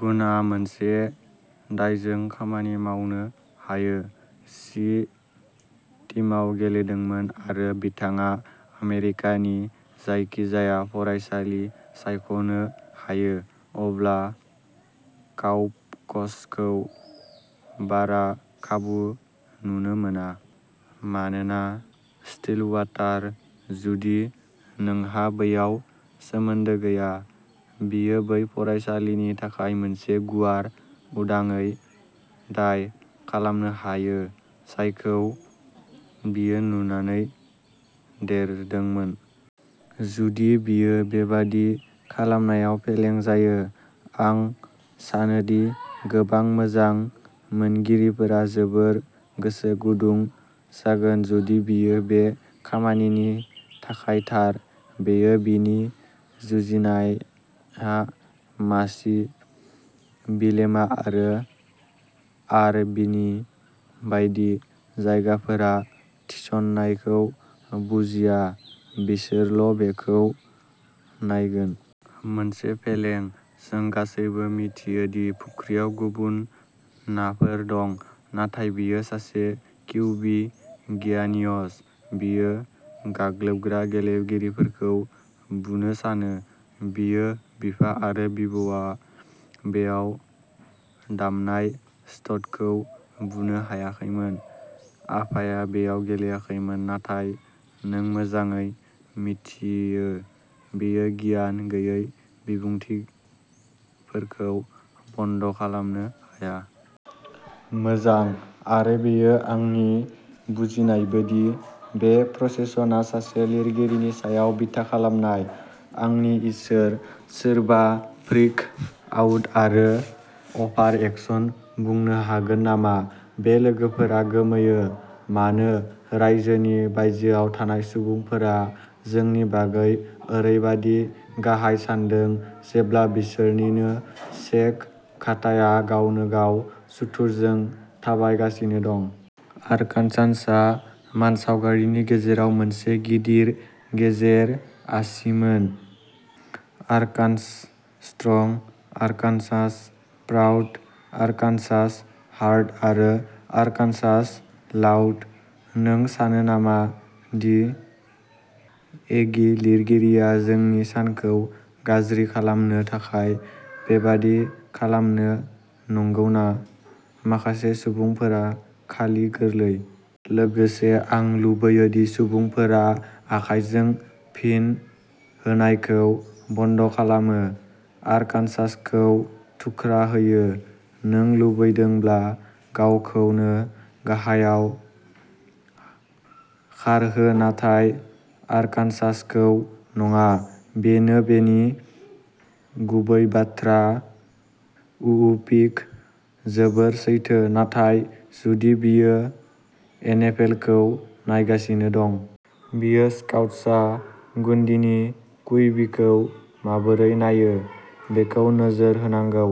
गुनआ मोनसे दायजों खामानि मावनो हायो। सि टीमआव गेलेदोंमोन आरो बिथाङा आमेरिकानि जायखिजाया फरायसालि सायख'नो हायो, अब्ला काउप'क्सखौ बारा खाबु नुनो मोना। मानो ना स्टिलवाटार, जुदि नोंहा बैयाव सोमोन्दो गैया? बियो बै फरायसालिनि थाखाय मोनसे गुवार उदाङै दाय खालामनो हायो जायखौ बियो नुनानै देरदोंमोन। जुदि बियो बेबादि खालामनायाव फेलें जायो, आं सानोदि गोबां मोजां मोनगिरिफोरा जोबोर गोसो गुदुं जागोन जुदि बियो बे खामानिनि थाखाय थार। बेयो बिनि जुजिनाया मासि, बिलेमा आरो आर बि नि बायदि। जायगाफोरा थिसननायखौ बुजिया बिसोरल' बेखौ नायगोन। मोनसे फेलें, जों गासैबो मिथियो दि फुख्रियाव गुबुन नाफोर दं। "नाथाय बियो सासे किउबि गियानिअस" "बियो गाग्लोबग्रा गेलेगिरिफोरखौ बुनो सानो" "बियो बिफा आरो बिबौआ बेयाव दामनाय स्टडखौ बुनो हायाखैमोन" आफाया बेयाव गेलेयाखैमोन, नाथाय नों मोजाङै मिथियो, बेयो गियान गैयै बिबुंथिफोरखौ बन्द खालामनो हाया। मोजां, आरो बेयो आंनि बुजिनायबो दि बे प्रजेकसनआ सासे लिरगिरिनि सायाव बिथा खालामनाय। आंनि इसोर, सोरबा "फ्रिक आउट" आरो "अभार रिएक्शन" बुंनो हागोन नामा? बे लोगोफोरा गोमोयो मानो रायजोनि बायजोआव थानाय सुबुंफोरा जोंनि बागै ओरैबादि गाहाय सान्दों जेब्ला बिसोरनि नो सेक काटाया गावनोगाव सुथुरजों थाबायगासिनो दं। आर्कान्सान्सआ मानसावगारिनि गेजेराव मोनसे गिदिर गेजेर आसिमोन। Arkansas strong, Arkansas proud, Arkansas hard आरो आर्कान्सास लाउड। नों सानो नामा दि एगि लिरगिरिया जोंनि सानखौ गाज्रि खालामनो थाखाय बेबादि खालामनो, नंगौना? माखासे सुबुंफोरा खालि गोरलै। लोगोसे आं लुबैयो दि सुबुंफोरा आखायजों फिन होनायखौ बन्द' खालामो। आरकानसासखौ थुख्रा होयो। नों लुबैदोंब्ला गावखौनो गाहायाव खारहो, नाथाय आरकानसासखौ नङा। बेनो बेनि गुबै बाथ्रा उउ पिग जोबोर सैथो, नाथाय जुदि बियो एनएफएलखौ नायगासिनो दं। बियो स्काउट्सआ गुन्डीनि क्यूबीखौ माबोरै नायो बेखौ नोजोर होनांगौ।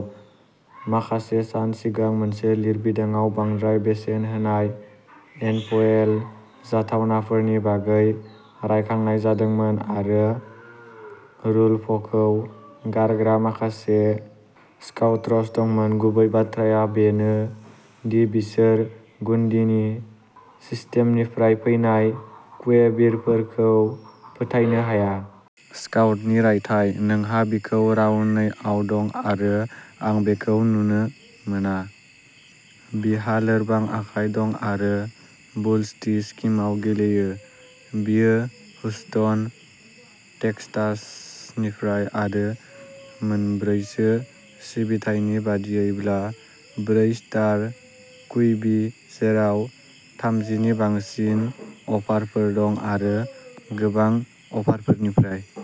माखासे सान सिगां मोनसे लिरबिदांआव बांद्राय बेसेन होनाय एनएफएल जाथावनाफोरनि बागै रायखांनाय जादोंमोन आरो रुडलफखौ गारग्रा माखासे स्काउट्स दंमोन। गुबै बाथ्राया बेनो दि बिसोर गुन्डीनि सिस्टेमनिफ्राय फैनाय क्यूबीफोरखौ फोथायनो हाया। स्काउटनि रायथाइः "नोंहा बिखौ राउन्ड नै आव दं आरो आं बेखौ नुनो मोना। बिहा लोरबां आखाइ दं आरो बुल्सटी स्किमाव गेलेयो। बियो ह्यूस्टन, टेक्सटासनिफ्राय आरो मोनब्रैसो सिबिथायनि बादियैब्ला ब्रै स्टार क्यूबी, जेराव थामजिनि बांसिन अफारफोर दं, आरो गोबां अफारफोरनिफ्राय।